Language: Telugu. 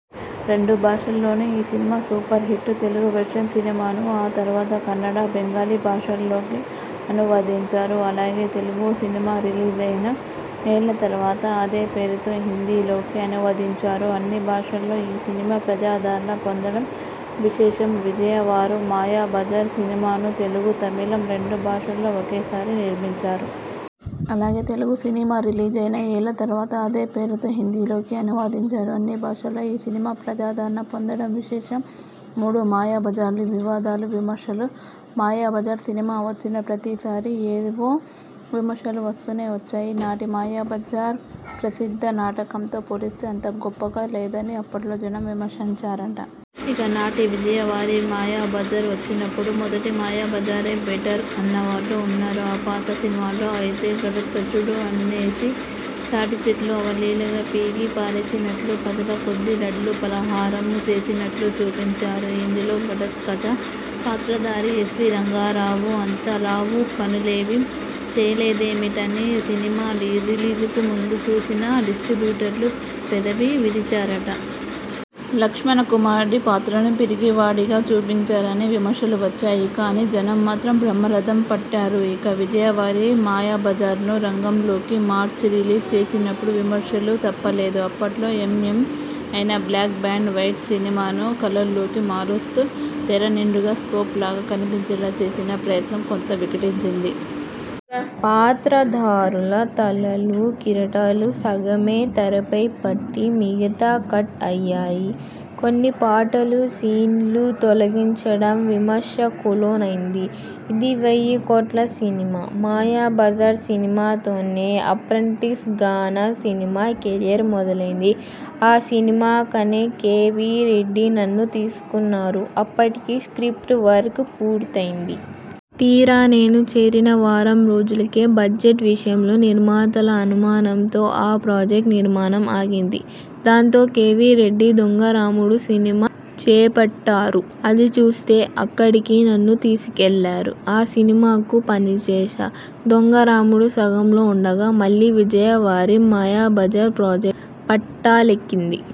రెండు భాషల్లోనూ ఈ సినిమా సూపర్ హిట్. తెలుగు వెర్షన్ సినిమాను ఆ తరువాత కన్నడ, బెంగాలీ భాషల్లోకి అనువదించారు. అలాగే, తెలుగు సినిమారిలీజైన ఏళ్ళ తరువాత అదే పేరుతో హిందీలోకి అనువదించారు. అన్ని భాషల్లో ఈ సినిమా ప్రజాదరణ పొందడం విశేషం. విజయ వారు మాయాబజార్ సినిమాను తెలుగు, తమిళం రెండు భాషల్లో ఒకేసారి నిర్మించారు. అలాగే, తెలుగు సినిమారిలీజైన ఏళ్ళ తరువాత అదే పేరుతో హిందీలోకి అనువదించారు. అన్ని భాషల్లో ఈ సినిమా ప్రజాదరణ పొందడం విశేషం. మూడు మాయాబజార్లు వివాదాలు విమర్శలు మాయాబజార్ సినిమా వచ్చిన ప్రతిసారీ ఏవో విమర్శలు వస్తూనే వచ్చాయి. నాటి మాయాబజార్ ప్రసిద్ధ నాటకంతో పోలిస్తే అంత గొప్పగా లేదని అప్పట్లో జనం విమర్శించారట. ఇక, నాటి విజయా వారి మాయాబజార్ వచ్చినప్పుడు మొదటి మాయాబజారే బెటర్ అన్నవాళ్ళూ ఉన్నారు. ఆ పాత సినిమాలో అయితే, ఘటోత్కచుడు అన్నేసి తాటి చెట్లు అవలీలగా పీకి పారేసినట్లూ, పదుల కొద్దీ లడ్లు ఫలహారం చేసినట్లూ చూపించారు. ఇందులో ఘటోత్కచ పాత్రధారి ఎస్వీ రంగారావు అంత లావు పనులేమీ చేయలేదేమిటని సినిమా రిలీజుకు ముందు చూసిన డిస్ట్రిబ్యూటర్లు పెదవి విరిచారట. లక్ష్మణ కుమారుడి పాత్రను పిరికివాడిగా చూపించారని విమర్శలు వచ్చాయి. కానీ జనం మాత్రం బ్రహ్మరథం పట్టారు. ఇక, విజయా వారి మాయాబజార్ను రంగుల్లోకి మార్చి, రిలీజ్ చేసినప్పుడూ విమర్శలు తప్పలేదు. అప్పట్లో ఎం. ఎం. అయిన బ్లాక్ అండ్ వైట్ సినిమాను కలర్లోకి మారుస్తూ, తెర నిండుగా స్కోప్ లాగా కనిపించేలా చేసిన ప్రయత్నం కొంత వికటించింది. పాత్రధారుల తలలు, కిరీటాలు సగమే తెరపై పట్టి, మిగతా కట్ అయ్యాయి. కొన్ని పాటలు, సీన్లు తొలగించడం విమర్శకులోనైంది. ఇది వెయ్యికోట్ల సినిమా ''మాయాబజార్ సినిమాతోనే అప్రెంటిస్ గా నా సినిమా కెరీర్ మొదలైంది. ఆ సినిమాకనే కె. వి. రెడ్డి నన్ను తీసుకున్నారు. అప్పటికే స్ర్కిప్ట్ వర్క్ పూర్తయింది. తీరా, నేను చేరిన వారం రోజులకే బడ్జెట్ విషయంలో నిర్మాతల అనుమానంతో ఆ ప్రాజెక్ట్ నిర్మాణం ఆగింది. దాంతో, కె. వి. రెడ్డి 'దొంగరాముడు' సినిమా చేపట్టారు. అది చేస్తూ, అక్కడికి నన్ను తీసుకెళ్ళారు. ఆ సినిమాకు పనిచేశా. దొంగరాముడు సగంలో ఉండగా, మళ్ళీ విజయా వారి మాయాబజార్ ప్రాజెక్ట్ పట్టాలెక్కింది.